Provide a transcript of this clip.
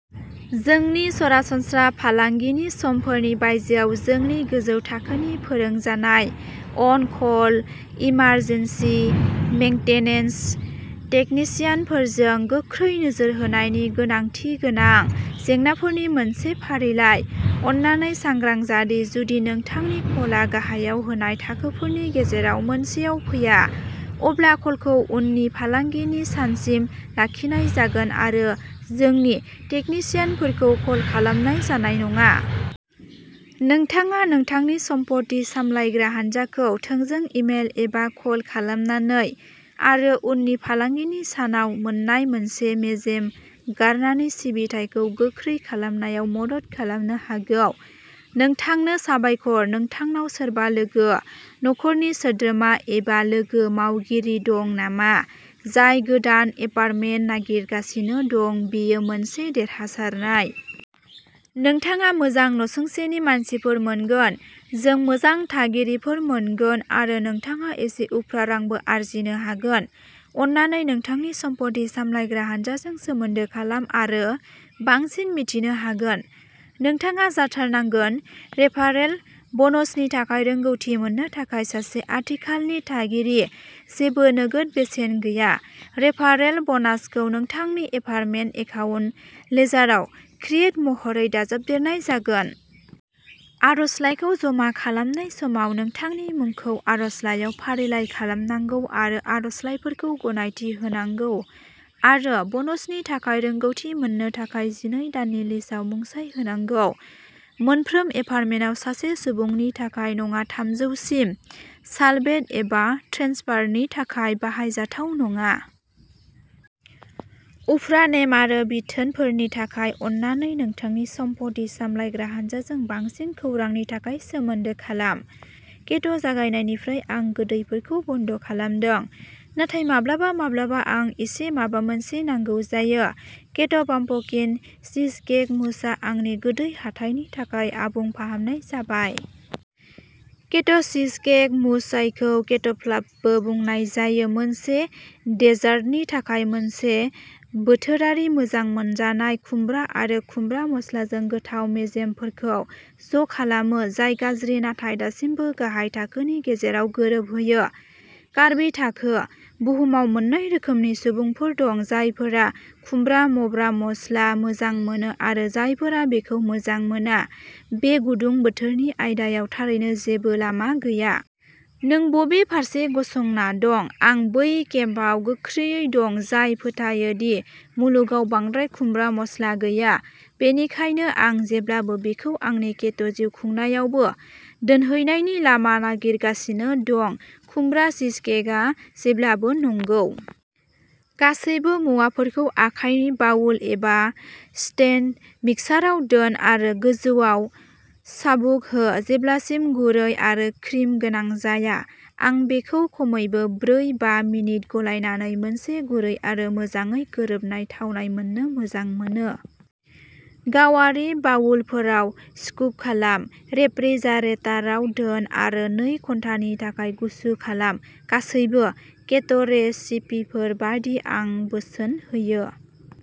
जोंनि सरासनस्रा फालांगिनि समफोरनि बायजोआव जोंनि गोजौ थाखोनि फोरोंजानाय अन कल इमारजेन्सि मेंटेनेन्स टेकनिशियानफोरजों गोख्रै नोजोर होनायनि गोनांथि गोनां जेंनाफोरनि मोनसे फारिलाइ। अन्नानै सांग्रां जा दि जुदि नोंथांनि कलआ गाहायाव होनाय थाखोफोरनि गेजेराव मोनसेयाव फैया, अब्ला कलखौ उननि फालांगिनि सानसिम लाखिनाय जागोन आरो जोंनि टेकनिशियानफोरखौ कल खालामनाय जानाय नङा। नोंथाङा नोंथांनि सम्पथि सामलायग्रा हान्जाखौ थोंजों इमेल एबा कल खालामनानै आरो उननि फालांगिनि सानाव मोन्नाय मोनसे मेजेम गारनानै सिबिथाइखौ गोख्रै खालामनायाव मदद खालामनो हागौ। नोंथांनो साबायखर! नोंथांनाव सोरबा लोगो, नखरनि सोद्रोमा, एबा लोगो मावगिरि दं नामा, जाय गोदान एपार्टमेन्ट नागिरगासिनो दं, बेयो मोनसे देरहासारनाय। नोंथाङा मोजां नसुंसेनि मानसिफोर मोनगोन, जों मोजां थागिरिफोर मोनगोन, आरो नोंथाङा एसे उफ्रा रांबो आर्जिनो हागोन! अन्नानै नोंथांनि सम्पथि सामलायग्रा हानजाजों सोमोन्दो खालाम आरो बांसिन मिथिनो हागोन। नोंथाङा जाथारनांगोन। रेफारेल ब'नसनि थाखाय रोंग'थि मोननो थाखाय सासे आथिखालनि थागिरि जेबो नोगोद बेसेन गैया, रेफारेल ब'नासखौ नोंथांनि एपार्टमेन्ट एकाउन्ट लेजाराव क्रेडिट महरै दाजाबदेरनाय जागोन। आर'जलाइखौ जमा खालामनाय समाव नोंथांनि मुंखौ आर'जलाइयाव फारिलाइ खालामनांगौ आरो आर'जलाइफोरखौ गनायथि होनांगौ आरो ब'नसनि थाखाय रोंग'थि मोननो थाखाय जिनै दाननि लिजआव मुंसाइ होनांगौ। मोनफ्रोम एपार्टमेन्टआव, सासे सुबुंनि थाखाय नङा थामजौ सिम साबलेट एबा ट्रेन्सफारनि थाखाय बाहायजाथाव नङा। उफ्रा नेम आरो बिथोनफोरनि थाखाय, अन्नानै नोंथांनि सम्पथि सामलायग्रा हानजाजों बांसिन खौरांनि थाखाय सोमोन्दो खालाम। केट'जागायनायनिफ्राय आं गोदैफोरखौ बन्द'खालामदों, नाथाय माब्लाबा माब्लाबा आं इसे माबा मोनसे नांगौ जायो। केट'पाम्पकिन चीजकेक मूसआ आंनि गोदै हाथाइनि थाखाय आबुं फाहामनाय जाबाय। केट'चीजकेक मूस-जायखौ केट'फ्लाफबो बुंनाय जायो। मोनसे देजार्टनि थाखाय मोनसे बोथोरारि मोजां मोनजानाय खुमब्रा आरो खुमब्रा मस्लाजों गोथाव मेजेमफोरखौ ज'खालामो जाय गाज्रि नाथाय दासिमबो गाहाय थाखोनि गेजेराव गोरोबहोयो। कार्ब थाखो। बुहुमाव मोननै रोखोमनि सुबुंफोर दं, जायफोरा खुमब्रा मब्रा मस्ला मोजां मोनो आरो जायफोरा बेखौ मोजां मोना, बे गुदुं-बोथोरनि आयदायाव थारैनो जेबो लामा गैया। नों बबे फारसे गसंना दं? आं बै केम्पआव गोख्रैयै दं जाय फोथायो दि मुलुगाव बांद्राय खुमब्रा मस्ला गैया, बेनिखायनो आं जेब्लाबो बेखौ आंनि केट'जिउ खुंनायावबो दोनहैनायनि लामा नागिरगासिनो दं। खुमब्रा चीजकेकआ जेब्लाबो नंगौ। गासैबो मुवाफोरखौ आखाइनि बाउल एबा स्टेन्ड मिक्साराव दोन आरो गोजौयाव चाबुक हो जेब्लासिम गुरै आरो क्रिम गोनां जाया, आं बेखौ खमैबो ब्रै, बा मिनिट गलायनानै मोनसे गुरै आरो मोजाङै गोरोबनाय थावनाय मोननो मोजां मोनो। गावारि बाउलफोराव स्कुप खालाम। रेफ्रिजारेटाराव दोन आरो नै घन्टानि थाखाय गुसु खालाम। गासैबो केट'रेसिपिफोर बायदि, आं बोसोन होयो।